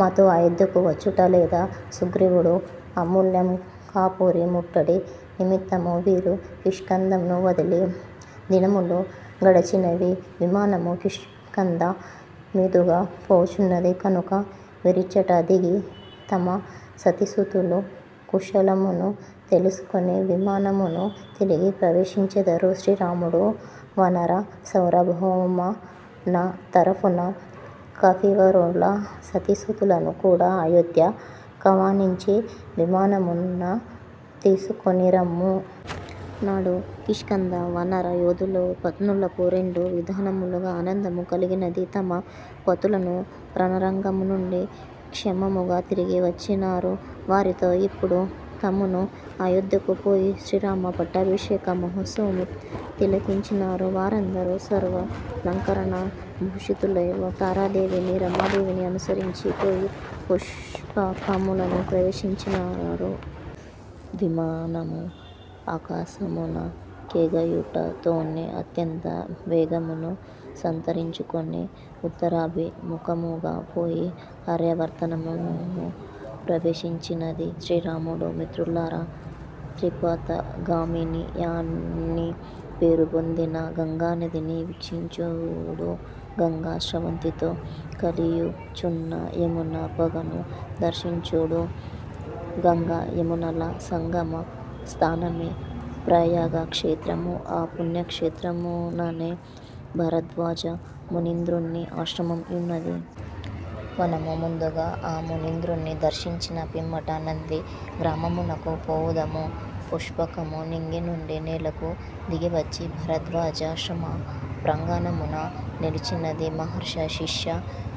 మాతో అయోధ్యకు వచ్చుటలేదా? సుగ్రీవుడు: అమ్మాలంకాపురి ముట్టడి నిమిత్తము వీరు కిష్కింధను వదలి దినములు గడచినవి. విమానము కిష్కింధ మీదుగా పోవుచున్నది కనుక వీరిచ్చట దిగి తమ సతీసుతుల కుశలమును తెలిసికొని విమానమును తిరిగి ప్రవేశించెదరు. శ్రీరాముడు: వానర సార్వభౌమా నా తరపున ఈ కపివరుల సతీసుతులను కూడ అయోధ్య కాహ్వానించి విమానమున తీసికొనిరమ్ము. నాడు కిష్కింధ వానర యోధుల పత్నులకు రెండు విధములుగ ఆనందము కలిగినది: తమ పతులు రణరంగము నుండి క్షేమముగ తిరిగివచ్చినారు. వారితో ఇప్పుడు తామునూ అయోధ్యకు పోయి శ్రీరామ పట్టాభిషేక మహోత్సవమును తిలకించినారు వారందరును సర్వాలంకార భూషితలై తారాదేవినీ రమాదేవినీ అనుసరించి పోయి పుష్పకమును ప్రవేశించినారు. విమానము ఆకసమున కెగయుటతోనే అత్యంత వేగమును సంతరించుకొని ఉత్తరాభి ముఖముగా పోయి ఆర్యావర్తమును ప్రవేశించినది. శ్రీరాముడు: మిత్రులారా 'త్రిపథగామిని'యని పేరుపొందిన గంగానదిని వీక్షించుడు. గంగా స్రవంతితో కలియుచున్న యమునా పగను దర్శించుడు. గంగా యమునల సంగమ స్థానమే ప్రయాగక్షేత్రము. ఆ పుణ్యక్షేత్రముననే భరద్వాజ మునీంద్రుని ఆశ్రమం మున్నది. మనము ముందుగా ఆ మునీంద్రునీ సందర్శించి పిమ్మట నంది గ్రామమునకు పోవుదము. పుష్పకము నింగి నుండి నేలకు దిగివచ్చి భరద్వాజాశ్రమ ప్రాంగణమున నిలిచినది. మహర్షి శిష్య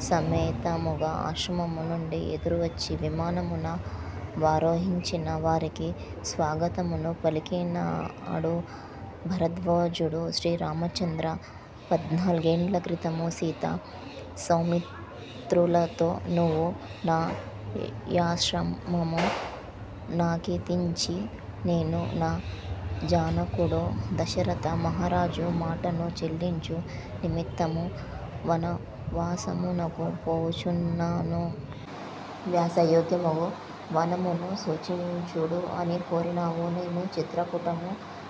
సమేతముగ ఆశ్రమము నుండి ఎదురువచ్చి విమానమున వరోహించిన వారికి స్వాగతమును పలికినాడు. భరద్వాజుడు: శ్రీరామచంద్రా, పదునాలుగేండ్ల క్రితము సీతా సౌమిత్రులతో నీవు నా యాశ్రమము నకేతించి నేను నా జనకుడు దశరథ మహారాజు మాటను చెల్లించు నిమిత్తము వనవాసమునకు పోవుచున్నాను. వాసయోగ్యమగు వనమును సూచించుడు అని కోరినావు. నేను 'చిత్రకూటము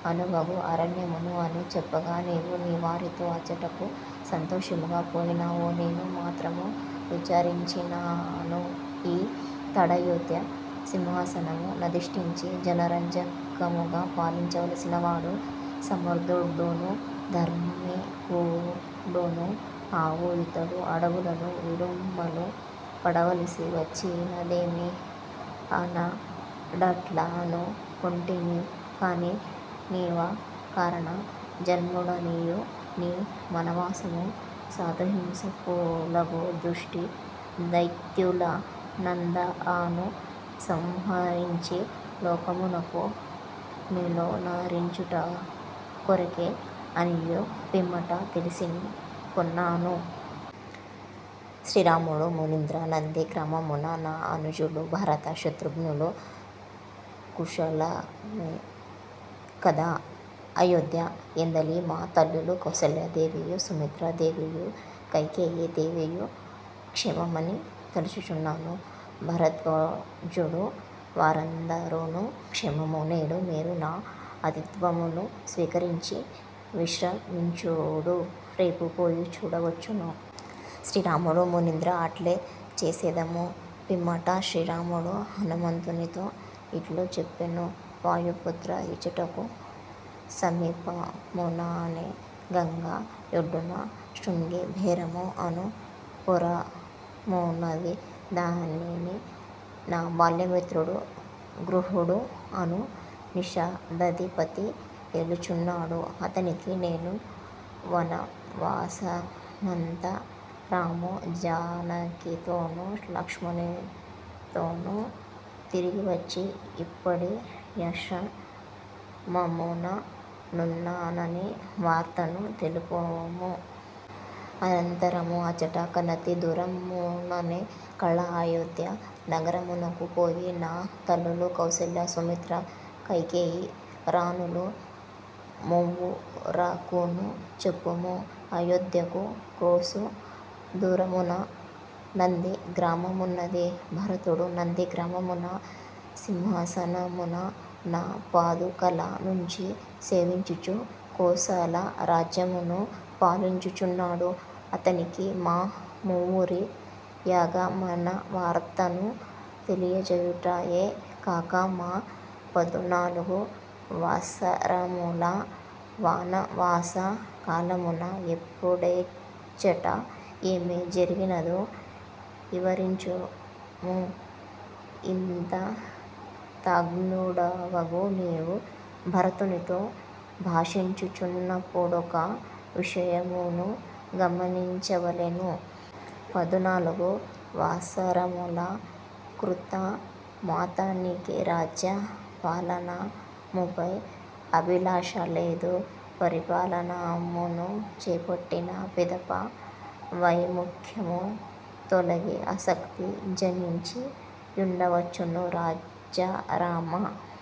అనువగు అరణ్యము అని చెప్పగా నీవు నీవారితో అచ్చటకు సంతోషముగా పోయినావు! నేను మాత్రము విచారించినాను: ఈ తడయోధ్య సింహాసనము నధిష్ఠించి జనరంజకముగ పాలించవలసినవాడు! సమర్ధుడును ధార్మికుడును అగు ఇతడు అడవులను ఇడుమలు పడవలసివచ్చినదేమి? ఆనాడట్లనుకొంటిని కాని, నీవ కారణ జన్ముడవనియూ నీ వనవాసము సాధుహింసకులగు దుష్ట దైత్యులనందఱను సంహరించి లోకమునకు మేలొనరించుట కొరకె అనియూ పిమ్మట తెలిసికొన్నాను. శ్రీరాముడు: మునీంద్రా నంది గ్రామమున నా అనుజులు భారత శత్రుఘ్నులు కుశలమె కద? అయోధ్య యందలి మా తల్లులు కౌసల్యాదేవియూ, సుమిత్రా దేవియూ కైకేయ దేవియూ క్షేమమని తలచుచున్నాను. భరద్వాజుడు: వారందఱును క్షేమము. నేడు మీరు నా ఆతిథ్యమును స్వీకరించి విశ్రమించుడు. రేపు పోయి చూడవచ్చును. శ్రీరాముడు: మునీంద్రా అట్లే చేసెదము. పిమ్మట శ్రీరాముడు హనుమంతునితో ఇట్లు చెప్పెను: వాయుపుత్రా, ఇచ్చటకు సమీపముననె గంగ యొడ్డున శృంగిబేరము అను పురమున్నది. దానిని నా బాల్యమిత్రుడు 'గుహుడు' అను నిషాదాధిపతి ఏలుచున్నాడు. అతనికి నేను వనవాసానంతరాము జానకితోనూ లక్ష్మణునితోనూ తిరిగివచ్చి ఇప్పుడీ యాశ్రమమున నున్నానను వార్తను తెలుపుము. అనంతరము అచ్చట కనతి దూరముననె కళ అయోధ్యా నగరమునకు పోయి నా తల్లులు కౌసల్య సుమిత్ర కైకేయి రాణులు మువ్వురకును చెప్పుము. అయోధ్యకు క్రోసు దూరమున నంది గ్రామమున్నది. భరతుడు నంది గ్రామమున సింహాసనమున నా పాదుకల నుంచి సేవించుచు కోసల రాజ్యమును పాలించుచున్నాడు. అతనికి మా మువ్వురి యాగమన వార్తను తెలియజేయుటయె కాక మా పదునాలుగు వత్సరముల వనవాస కాలమున ఎప్పుడెచ్చట ఏమి జరిగినదో వివరించుము ఇంగితజ్ఞుడవగు నీవు భరతునితో భాషించునపుడొక విషయమును గమనించవలెను. పదునాలుగు వత్సరముల కృతమాతనికి రాజ్య పాలనముపై అభిలాష లేదు. పరిపాలనమును చేపట్టిన పిదప వైముఖ్యము తొలగి ఆసక్తి జనించి యుండవచ్చును. రాజ్యరమ